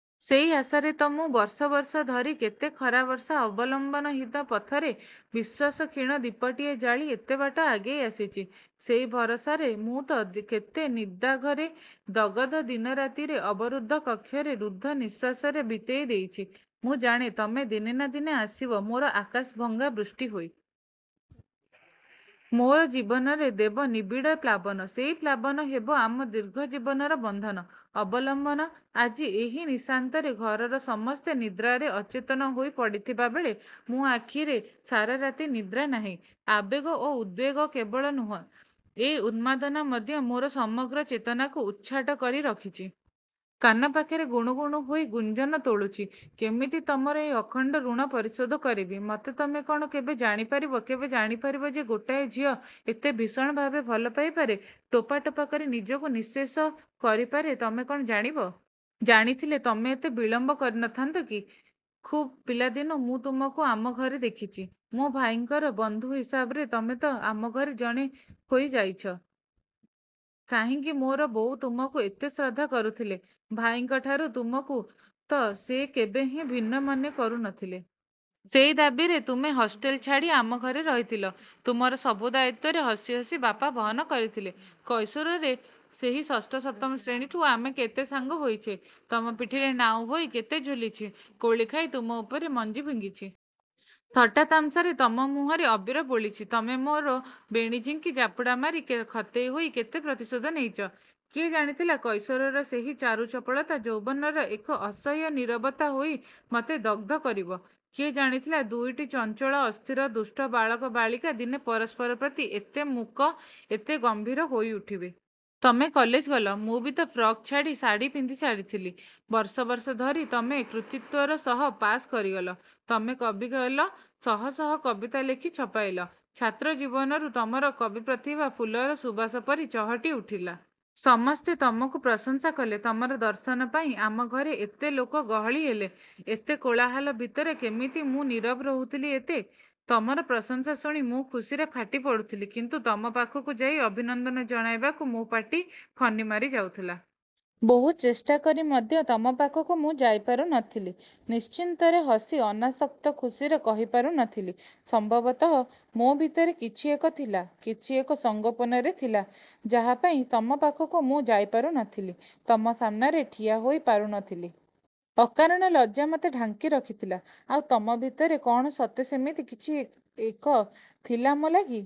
ସେହି ଆଶାରେ ତ ମୁଁ ବର୍ଷ ବର୍ଷ ଧରି, କେତେ ଖରାବର୍ଷା ଅବଲମ୍ବନହୀନ ପଥରେ, ବିଶ୍ୱାସର କ୍ଷୀଣ ଦୀପଟିଏ ଜାଳି ଏତେବାଟ ଆଗେଇ ଆସିଚି। ସେଇ ଭରସାରେ ମୁଁ ତ କେତେ ନିଦାଘରେ ଦଗଧ ଦିନରାତିରେ ଅବରୁଦ୍ଧ କକ୍ଷରେ, ରୁଦ୍ଧ ନିଃଶ୍ଵାସରେ ବିତେଇଦେଇଚି। ମୁଁ ଜାଣେ, ତମେ ଦିନେ ନାଁ ଦିନେ ଆସିବ ମୋର ଆକାଶ ଭଙ୍ଗା ବୃଷ୍ଟି ହୋଇ। ମୋ'ର ଜୀବନରେ ଦେବ ନିବିଡ଼ ପ୍ଲାବନ। ସେଇ ପ୍ଲାବନ ହେବ ଆମ ଦୀର୍ଘ ଜୀବନର ବନ୍ଧନ, ଅବଲମ୍ବନ। ଆଜି ଏହି ନିଶାନ୍ତରେ ଘରର ସମସ୍ତେ ନିଦ୍ରାରେ ଅଚେତନ ହୋଇ ପଡ଼ିଥିବାବେଳେ, ମୋ' ଆଖିରେ ସାରା ରାତି ନିଦ୍ରା ନାହିଁ। ଆବେଗ ଓ ଉଦ୍ବେଗ କେବଳ ନୁହେଁ, ଏକ ଉନ୍ମାଦନା ମଧ୍ୟ ମୋର ସମଗ୍ର ଚେତନାକୁ ଉଚ୍ଛାଟ କରି ରଖିଚି। କାନ ପାଖରେ ଗୁଣୁ ଗୁଣୁ ହୋଇ ଗୁଞ୍ଜନ ତୋଳୁଛି। କେମିତି ତମର ଏ ଅଖଣ୍ଡ ଋଣ ପରିଶୋଧ କରିବି। ମତେ ତମେ କ'ଣ କେବେ ଜାଣି ପାରିବ କେବେ ଜାଣିପାରିବ ଯେ ଗୋଟାଏ ଝିଅ ଏତେ ଭୀଷଣଭାବେ ଭଲ ପାଇପାରେ? ଟୋପା ଟୋପା କରି ନିଜକୁ ନିଃଶେଷ କରିପାରେ ତମେ କ'ଣ ଜାଣିବ? ଜାଣିଥିଲେ ତମେ ଏତେ ବିଳମ୍ବ କରିଥାନ୍ତ କି? ଖୁବ୍ ପିଲାଦିନୁ ମୁଁ ତମକୁ ଆମ ଘରେ ଦେଖିଚି। ମୋ ଭାଇଙ୍କର ବନ୍ଧୁ ହିସାବରେ ତମେ ତ ଆମଘରେ ଜଣେ ହୋଇ ଯାଇଚ। କାହିଁକି ମୋର ବୋଉ ତମକୁ ଏତେ ଶ୍ରଦ୍ଧା କରୁଥିଲେ? ଭାଇଙ୍କଠାରୁ ତମକୁ ତ ସେ କେବେହେଁ ଭିନ୍ନ ମନେ କରୁ ନ ଥିଲେ। ସେଇ ଦାବୀରେ ତୁମେ ହଷ୍ଟେଲ ଛାଡ଼ି ଆମଘରେ ରହିଥିଲ। ତୁମର ସବୁ ଦାୟିତ୍ୱ ହସି ହସି ବାପା ବହନ କରିଥିଲେ। କୈଶୋରର ସେହି ଷଷ୍ଠ, ସପ୍ତମ ଶ୍ରେଣୀଠୁ ଆମେ କେତେ ସାଙ୍ଗ ହୋଇଚେ। ତମ ପିଠିରେ ନାଉ ହୋଇ କେତେ ଝୁଲିଛି। କୋଳିଖାଇ ତମ ଉପରକୁ ମଞ୍ଜି ଫିଙ୍ଗିଛି। ଥଟ୍ଟା ତାମସାରେ ତମ ମୁହଁରେ ଅବିର ବୋଳିଛି। ତମେ ମୋ ବେଣୀ ଝିଙ୍କି ଚାପୁଡ଼ା ମାରି ଖତେଇ ହୋଇ କେତେ ପ୍ରତିଶୋଧ ନେଇଚ। କିଏ ଜାଣିଥିଲା, କୈଶୋରର ସେହି ଚାରୁ ଚପଳତା ଯୌବନରେ ଏକ ଅସହ୍ୟ ନୀରବତା ହୋଇ ମତେ ଦଗ୍ଧ କରିବ। କିଏ ଜାଣିଥିଲା ଦୁଇଟି ଚଞ୍ଚଳ, ଅସ୍ଥିର, ଦୁଷ୍ଟ ବାଳକ ବାଳିକା ଦିନେ ପରସ୍ପର ପ୍ରତି ଏତେ ମୂକ, ଏତେ ଗମ୍ଭୀର ହୋଇ ଉଠିବେ। ତମେ କଲେଜ ଗଲ। ମୁଁ ବି ତ ଫ୍ରକ୍ ଛାଡ଼ି ଶାଢ଼ିପିନ୍ଧି ସାରିଥିଲି। ବର୍ଷ ବର୍ଷ ଧରି ତମେ କୃତିତ୍ୱର ସହ ପାଶ୍ କରିଗଲ। ତମେ କବି ହେଲ। ଶହ ଶହ କବିତା ଲେଖି ଛପାଇଲ, ଛାତ୍ର ଜୀବନରୁ ତମର କବି ପ୍ରତିଭା ଫୁଲର ସୁବାସ ପରି ଚହଟି ଗଲା। ସମସ୍ତେ ତମକୁ ପ୍ରଶଂସା କଲେ। ତମର ଦର୍ଶନ ପାଇଁ, ଆମଘରେ ଏତେ ଲୋକ ଗହଳି ହେଲା। ଏତେ କୋଳାହଳ ଭିତରେ କେମିତି ମୁଁ ନୀରବ ରହୁଥିଲି ଏତେ? ତମର ପ୍ରଶଂସା ଶୁଣି ମୁଁ ଖୁସିରେ ଫାଟି ପଡ଼ୁଥିଲି, କିନ୍ତୁ ତମ ପାଖକୁ ଯାଇ ଅଭିନନ୍ଦନ ଜଣାଇବାକୁ ମୋ ପାଟି ଖନିମାରି ଯାଉଥିଲା। ବହୁ ଚେଷ୍ଟାକରି ମଧ୍ୟ ତମ ପାଖକୁ ମୁଁ ଯାଇପାରୁ ନ ଥିଲି, ନିଶ୍ଚିନ୍ତରେ ହସି ଅନାସକ୍ତ ଖୁସିରେ କହିପାରୁ ନ ଥିଲି। ସମ୍ଭବତଃ ମୋ ଭିତରେ କିଛି ଏକ ଥିଲା, କିଛି ଏକ ସଂଗୋପନରେ ଥିଲା, ଯାହାପାଇଁ ତମ ପାଖକୁ ମୁଁ ଯାଇପାରୁ ନ ଥିଲି। ତମ ସାମ୍ନାରେ ଠିଆ ହୋଇ ପାରୁ ନ ଥିଲି। ଅକାରଣ ଲଜ୍ଜା ମତେ ଢାଙ୍କି ରଖିଥିଲା, ଆଉ ତମ ଭିତରେ କ'ଣ ସତେ ସେମିତି କିଛି ଏକ ଥିଲା ମୋ ଲାଗି?